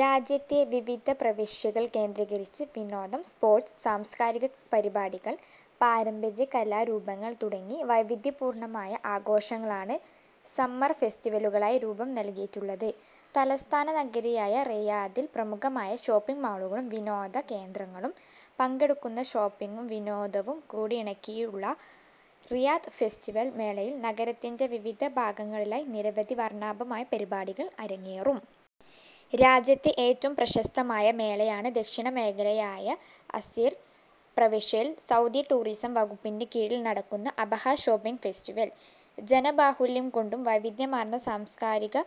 രാജ്യത്തെ വിവിധ പ്രവിശ്യകൾ കേന്ദ്രീകരിച്ച് വിനോദം, സ്പോർട്സ്, സാംസ്കാരിക പരിപാടികൾ, പാരമ്പര്യ കലാരൂപങ്ങൾ തുടങ്ങി വൈവിധ്യപൂർണമായ ആഘോഷങ്ങളാണ് സമ്മർ ഫെസ്റ്റിവലുകളായി രുപം നൽകിയിട്ടുള്ളത്. തലസ്ഥാന നഗരിയായ റിയാദിൽ പ്രമുഖമായ ഷോപ്പിങ് മാളുകളും വിനോദ കേന്ദ്രങ്ങളും പങ്കെടുക്കുന്ന ഷോപ്പിംഗും വിനോദവും കൂട്ടിയിണക്കിയുള്ള റിയാദ് ഫെസ്റ്റിവൽ മേളയിൽ നഗരത്തിന്റെ വിവിധ ഭാഗങ്ങളിലായി നിരവധി വർണാഭമായ പരിപാടികൾ അരങ്ങേറും. രാജ്യത്തെ ഏറ്റവും പ്രശസ്തമായ മേളയാണ് ദക്ഷിണ മേഖലയായ അസീർ പ്രവിശ്യയിൽ സൗദി ടൂറിസം വകുപ്പിന്റെ കീഴിൽ നടക്കുന്ന അബഹ ഷോപ്പിങ് ഫെസ്റ്റിവിൽ. ജനബാഹുല്യം കൊണ്ടും വൈവിധ്യമാർന്ന സാംസ്കാരിക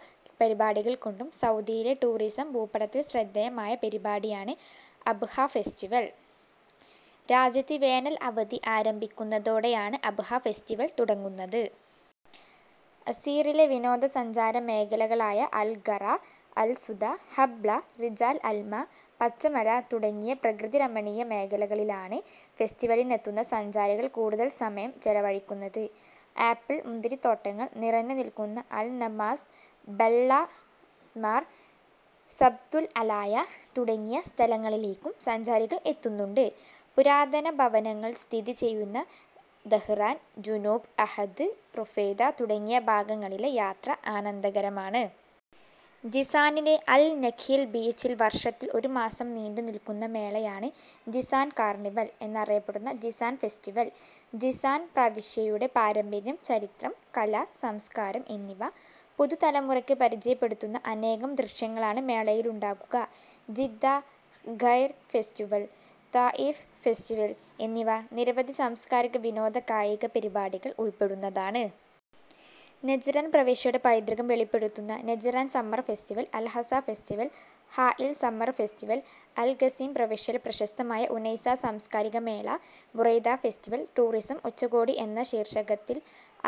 പരിപാടികൾ കൊണ്ടും സൗദിയിലെ ടൂറിസം ഭൂപടത്തിൽ ശ്രദ്ധേയമായ പരിപാടിയാണ് അബ്ഹ ഫെസ്റ്റിവൽ. രാജ്യത്ത് വേനൽ അവധി ആരംഭിക്കന്നതോടെയാണ് അബ്ഹ ഫെസ്റ്റിവൽ തുടങ്ങുന്നത്. അസീറിലെ വിനോദ സഞ്ചാരമേഖലകളായ അൽഗറ, അൽസുദ, ഹബ്ല, രിജാൽ അൽമ, പച്ചമല തുടങ്ങിയ പ്രകൃതിരമണിയ മേഖലകളിലാണ് ഫെസ്റ്റിവലിനെത്തുന്ന സഞ്ചാരികൾ കൂടുതൽ സമയം ചെലവഴിക്കുന്നത്. ആപ്പിൾ മുന്തിരിത്തോട്ടങ്ങൾ നിറഞ്ഞുനിൽക്കുന്ന അൽ നമാസ്, ബല്ലസ്മാർ, സബ്തുൽ അലായ തുടങ്ങിയ സ്ഥലങ്ങളിലേക്കും സഞ്ചാരികൾ എത്തുന്നുണ്ട്. പുരാതന ഭവനങ്ങൾ സ്ഥിതി ചെയ്യുന്ന ദഹ്റാൻ ജുനൂബ്, അഹദ് റുഫൈദ തുടങ്ങിയ ഭാഗങ്ങളിലെ യാത്ര ആനന്ദകരമാണ്. ജിസാനിലെ അൽ നഖീൽ ബീച്ചിൽ വർഷത്തിൽ ഒരു മാസം നീണ്ടുനിൽക്കുന്ന മേളയാണ് ജിസാൻ കാർണിവൽ എന്നറിയപ്പെടുന്ന ജിസാൻ ഫെസ്റ്റിവൽ. ജിസാൻ പ്രവിശ്യയുടെ പാരമ്പര്യം, ചരിത്രം, കല, സംസ്കാരം എന്നിവ പുതുതലമുറക്ക് പരിചയപ്പെടുത്തുന്ന അനേകം ദൃശ്യങ്ങളാണ് മേളയിലുണ്ടാകുക. ജിദ്ദ ഗൈർ ഫെസ്റ്റിവൽ, താഇഫ് ഫെസ്റ്റവിൽ എന്നിവ നിരവധി സാംസ്കാരിക, വിനോദ, കായിക പരിപാടികൾ ഉൾപ്പെടുന്നതാണ്. നജ്റാൻ പ്രവിശ്യയുടെ പൈതൃകം വെളിപ്പെടുത്തുന്ന Najran summer festival, Al Hasa festival, Hail summer festival, Al Qassim പ്രവിശ്യയിലെ പ്രശസ്തമായ ഉനൈസ സാംസ്കാരിക മേള, ബുറൈദ ഫെസ്റ്റിവൽ. ടൂറിസം ഉച്ചകോടി എന്ന ശീർഷകത്തിൽ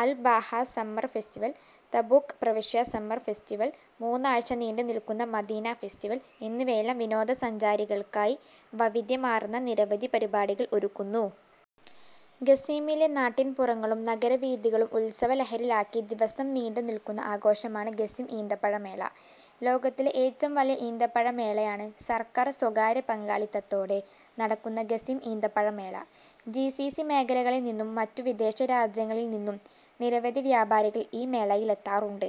Al Baha summer festival, Tabuk പ്രവിശ്യ സമ്മർ ഫെസ്റ്റിവൽ, മൂന്നാഴ്ച നീണ്ടുനിൽക്കുന്ന മദീന ഫെസ്റ്റിവൽ എന്നിവയെല്ലാം വിനോദസഞ്ചാരികൾക്കായി വൈവിദ്യമാർന്ന നിരവധി പരിപാടികൾ ഒരുക്കുന്നു. ഖസീമിലെ നാട്ടിൻപുറങ്ങളും നഗരവീഥികളും ഉൽസവലഹരിയിൽ ആക്കി ദിവസം നീണ്ടുനിൽക്കുന്ന ആഘോഷമാണ് ഖസീം ഈന്തപ്പഴ മേള. ലോകത്തിലെ ഏറ്റവും വലിയ ഈന്തപ്പഴ മേളയാണ് സർക്കാർ, സ്വകാര്യ പങ്കാളിത്തതോടെ നടക്കുന്ന ഖസീം ഈന്തപ്പഴ മേള. ജിസിസി മേഖലകളിൽ നിന്നും മറ്റു വിദേശ രാജ്യങ്ങിൽ നിന്നും നിരവധി വ്യാപാരികൾ ഈ മേളയിലെത്താറുണ്ട്.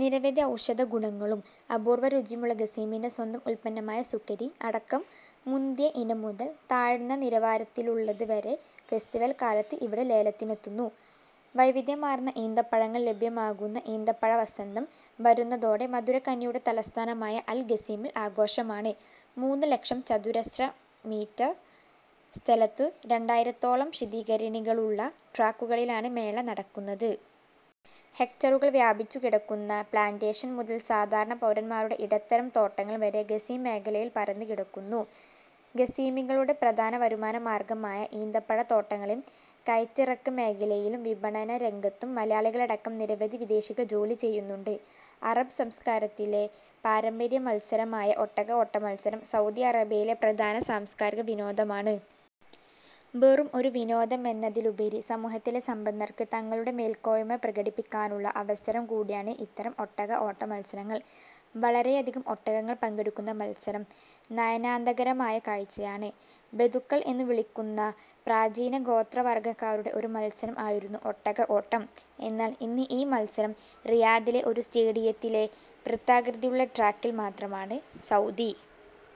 നിരവധി ഔഷധ ഗുണങ്ങളും അപൂർവ രുചിയുമുള്ള ഖസീമിന്റെ സ്വന്തം ഉൽപന്നമായ സുക്കരി അടക്കം മുന്തിയ ഇനം മുതൽ താഴ്ന്ന നിലവാരത്തിലുള്ളത് വരെ ഫെസ്റ്റിവൽ കാലത്ത് ഇവിടെ ലേലത്തിനെത്തുന്നു. വൈവിധ്യമാർന്ന ഈന്തപ്പഴങ്ങൾ ലഭ്യമാകുന്ന ഈന്തപ്പഴ വസന്തം വരുന്നതോടെ മധുരക്കനിയുടെ തലസ്ഥാനമായ അൽ-ഖസീമിൽ ആഘോഷമാണ്. മൂന്നു ലക്ഷം ചതുരശ്രമീറ്റർ സ്ഥലത്തു രണ്ടയിരത്തോളം ശീതീകരണികളുളള ട്രക്കുകളിലാണു മേള നടക്കുന്നത്. ഹെക്ടറുകൾ വ്യാപിച്ചുകിടക്കുന്ന പ്ലാന്റെഷൻ മുതൽ സാധാരണ പൗരൻമാരുടെ ഇടത്തരം തോട്ടങ്ങൾ വരെ ഖസീം മേഖലയിൽ പരന്നു കിടക്കുന്നു. ഖസീമികളുടെ പ്രധാന വരുമാന മാർഗ്ഗമായ ഈന്തപ്പഴ തോട്ടങ്ങളിലും കയറ്റിറക്ക് മേഖലയിലും വിപണന രംഗത്തും മലയാളികളടക്കം നിരവധി വിദേശികൾ ജോലി ചെയ്യുന്നുണ്ട്. അറബ് സംസ്കാരത്തിലെ പാരമ്പര്യ മൽസരമായ ഒട്ടക ഓട്ടമത്സരം സൗദി അറേബ്യയിലെ പ്രധാന സാംസ്കാരിക വിനോദമാണ്. വെറും ഒരു വിനോദമെന്നതിലുപരി സമൂഹത്തിലെ സമ്പന്നർക്ക് തങ്ങളുടെ മേൽക്കോയ്മ പ്രകടിപ്പിക്കാനുള്ള അവസരം കൂടിയാണ് ഇത്തരം ഒട്ടക ഓട്ട മത്സരങ്ങൾ. വളരെയധികം ഒട്ടകങ്ങൾ പങ്കെടുക്കുന്ന മത്സരം നയനാന്ദകരമായ കാഴ്ചയാണ്. ബെദുക്കൾ എന്നു വിളിക്കുന്ന പ്രാചീന ഗോത്രവർഗ്ഗക്കാരുടെ ഒരു മത്സരം ആയിരുന്നു ഒട്ടക ഓട്ടം. എന്നാൽ ഇന്ന് ഈ മത്സരം റിയാദിലെ ഒരു സ്റ്റേഡിയത്തിലെ വൃത്താകൃതിയിലുള്ള ട്രാക്കിൽ മാത്രമാണ്. സൗദി